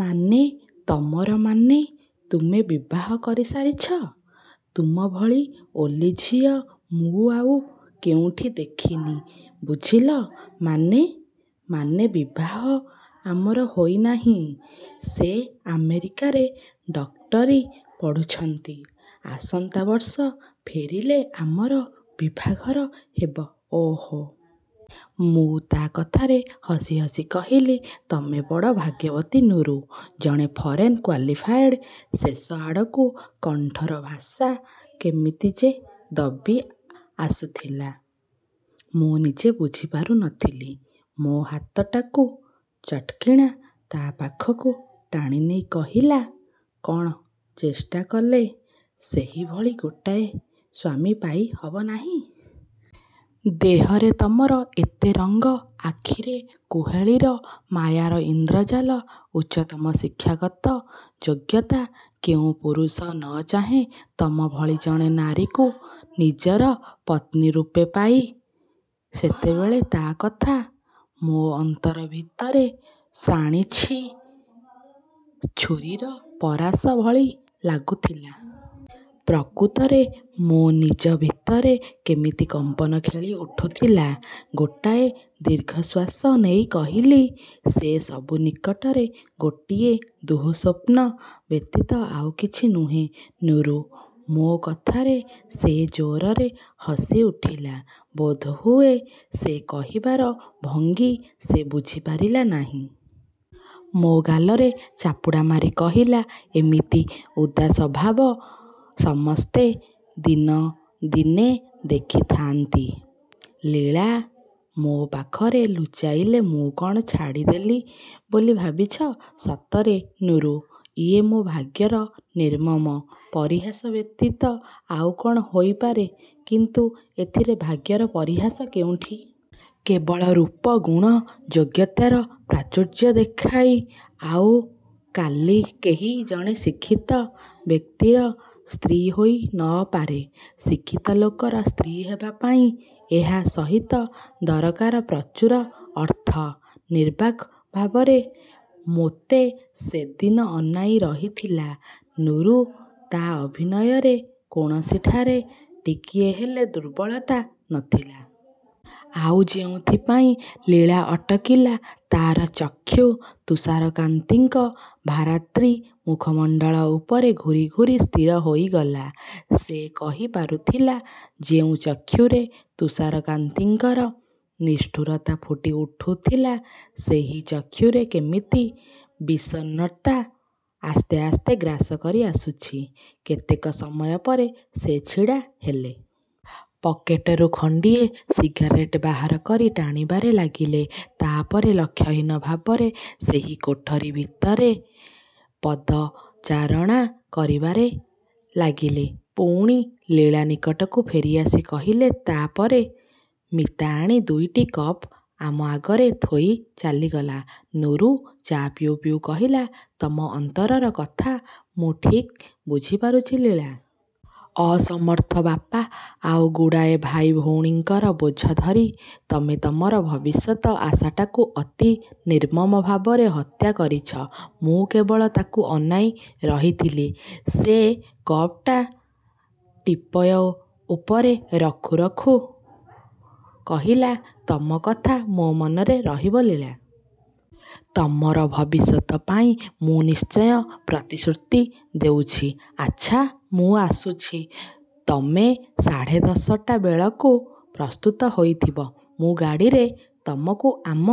ମାନେ, ତମର ମାନେ, ତୁମେ ବିବାହ କରି ସାରିଛ? ତୁମ ଭଳି ଓଲୀ ଝିଅ ମୁଁ ଆଉ କେଉଁଠି ଦେଖିନି, ବୁଝିଲ। ମାନେ? ମାନେ, ବିବାହ ଆମର ହୋଇ ନାହିଁ। ସେ ଆମେରିକାରେ ଡକ୍ଟରୀ ପଢ଼ୁଛନ୍ତି। ଆସନ୍ତା ବର୍ଷ ଫେରିଲେ ଆମର ବିଭାଘର ହେବ। ଓଃ, ମୁଁ ତା କଥାରେ ହସି ହସି କହିଲି-ତମେ ବଡ଼ ଭାଗ୍ୟବତୀ, ନୁରୁ। ଜଣେ ଫରେନ୍ କ୍ୱାଲିଫାଏଡ୍ ଶେଷ ଆଡ଼କୁ କଣ୍ଠର ଭାଷା କେମିତି ଯେ ଦବି ଆସୁଥିଲା, ମୁଁ ନିଜେ ବୁଝିପାରୁ ନ ଥିଲି। ମୋ ହାତଟାକୁ ଚଟ୍କିନା ତା ପାଖକୁ ଟାଣି ନେଇ କହିଲା-କଣ ଚେଷ୍ଟା କଲେ ସେହିଭଳି ଗୋଟାଏ ସ୍ୱାମୀ ପାଇ ହବ ନାହିଁ? ଦେହରେ ତମର ଏତେ ରଙ୍ଗ, ଆଖିରେ କୁହେଳୀ ର ମାୟାର ଇନ୍ଦ୍ରଜାଲ, ଉଚ୍ଚତମ ଶିକ୍ଷାଗତ ଯୋଗ୍ୟତା-କେଉଁ ପୁରୁଷ ନ ଚାହେଁ ତମ ଭଳି ଜଣେ ନାରୀକୁ ନିଜର ପତ୍ନିରୂପେ ପାଇ ସେତେବେଳେ ତା କଥା ମୋ ଅନ୍ତର ଭିତରେ ଶାଣିଛି ଛୁରୀର ପରାଶ ଭଳି ଲାଗୁଥିଲା-। ପ୍ରକୃତରେ ମୋ ନିଜ ଭିତରେ କେମିତି କମ୍ପନ ଖେଳି ଉଠୁଥିଲା। ଗୋଟାଏ ଦୀର୍ଘଶ୍ୱାସ ନେଇ କହିଲି-ସେ ସବୁ ନିକଟରେ ଗୋଟିଏ ଦୁଃସ୍ୱପ୍ନ ବ୍ୟତୀତ ଆଉ କିଛି ନୁହେଁ, ନୁରୁ-। ମୋ କଥାରେ ସେ ଜୋରରେ ହସିଉଠିଲା। ବୋଧହୁଏ ସେ କହିବାର ଭଙ୍ଗୀ ସେ ବୁଝିପାରିଲା ନାହିଁ। ମୋ ଗାଲରେ ଚାପୁଡ଼ା ମାରି କହିଲା-ଏମିତି ଉଦାସଭାବ ସମସ୍ତେ ଦିନ ଦିନେ ଦେଖିଥାଆନ୍ତି, ଲୀଳା। ମୋ ପାଖରେ ଲୁଚାଇଲେ ମୁଁ କଣ ଛାଡ଼ିଦେଲି ବୋଲି ଭାବିଛ? ସତରେ ନୁରୁ, ଇଏ ମୋ ଭାଗ୍ୟର ନିର୍ମମ ପରିହାସ ବ୍ୟତୀତ ଆଉ କଣ ହୋଇପାରେ-? କିନ୍ତୁ ଏଥିରେ ଭାଗ୍ୟର ପରିହାସ କେଉଁଠି? କେବଳ ରୂପ, ଗୁଣ, ଯୋଗ୍ୟତାର ପ୍ରାଚୁର୍ଯ୍ୟ ଦେଖାଇ ଆଉ କାଲି କେହି ଜଣେ ଶିକ୍ଷିତ ବ୍ୟକ୍ତିର ସ୍ତ୍ରୀ ହୋଇ ନ ପାରେ। ଶିକ୍ଷିତ ଲୋକର ସ୍ତ୍ରୀ ହେବା ପାଇଁ ଏହା ସହିତ ଦରକାର ପ୍ରଚୁର ଅର୍ଥ। ନିର୍ବାକ୍ ଭାବରେ ମୋତେ ସେଦିନ ଅନାଇ ରହିଥିଲା ନୁରୁ ତା ଅଭିନୟରେ କୌଣସିଠାରେ ଟିକିଏ ହେଲେ ଦୁର୍ବଳତା ନ ଥିଲା। ଆଉ ଯେଉଁଥିପାଇଁ ଲୀଳା ଅଟକିଲା। ତାର ଚକ୍ଷୁ ତୁଷାରକାନ୍ତିଙ୍କ ଭାରାତ୍ରୀ ମୁଖମଣ୍ଡଳ ଉପରେ ଘୂରି ଘୂରି ସ୍ଥିର ହୋଇଗଲା। ସେ। କହି ପାରୁଥିଲା, ଯେଉଁ ଚକ୍ଷୁରେ ତୁଷାରକାନ୍ତିଙ୍କର ନିଷ୍ଠୁରତା ଫୁଟି ଉଠୁଥିଲା, ସେହି ଚକ୍ଷୁରେ କେମିତି ବିଷଣ୍ଣତା ଆସ୍ତେ ଆସ୍ତେ ଗ୍ରାସ କରି ଆସୁଛି। କେତେକ ସମୟ ପରେ ସେ ଛିଡ଼ା ହେଲେ। ପକେଟରୁ ଖଣ୍ଡିଏ ସିଗାରେଟ ବାହାର କରି ଟାଣିବାରେ ଲାଗିଲେ। ତା ପରେ ଲକ୍ଷ୍ୟହୀନ ଭାବରେ ସେହି କୋଠରି ଭିତରେ ପଦଚାରଣା କରିବାରେ ଲାଗିଲେ। ପୁଣି ଲୀଳା ନିକଟକୁ ଫେରିଆସି କହିଲେ, ତା ପରେ? ମୀତା ଆଣି ଦୁଇଟି କପ୍ ଆମ ଆଗରେ ଥୋଇ ଚାଲିଗଲା। ନୁରୁ ଚା' ପିଉ ପିଉ କହିଲା-ତମ ଅନ୍ତରର କଥା ମୁଁ ଠିକ୍ ବୁଝିପାରୁଛି, ଲୀଳା। ଅସମର୍ଥ ବାପା ଆଉ ଗୁଡ଼ାଏ ଭାଇ ଭଉଣୀଙ୍କର ବୋଝ ଧରି ତମେ ତମର ଭବିଷ୍ୟତ ଆଶାଟାକୁ ଅତି ନିର୍ମମ ଭାବରେ ହତ୍ୟା କରିଛ। ମୁଁ କେବଳ ତାକୁ ଅନାଇ ରହିଥିଲି। ସେ କପ୍ଟା-ଟିପୟ ଉପରେ ରଖୁ ରଖୁ କହିଲା-ତମ କଥା ମୋ ମନରେ ରହିବ, ଲୀଳା। ତମର ଭବିଷ୍ୟତ ପାଇଁ ମୁଁ ନିଶ୍ଚୟ ପ୍ରତିଶ୍ରୁତି ଦେଉଛି। ଆଚ୍ଛା, ମୁଁ ଆସୁଛି। ତମେ ସାଢ଼େ ଦଶଟା ବେଳକୁ ପ୍ରସ୍ତୁତ ହୋଇଥିବ। ମୁଁ ଗାଡ଼ିରେ ତମକୁ ଆମ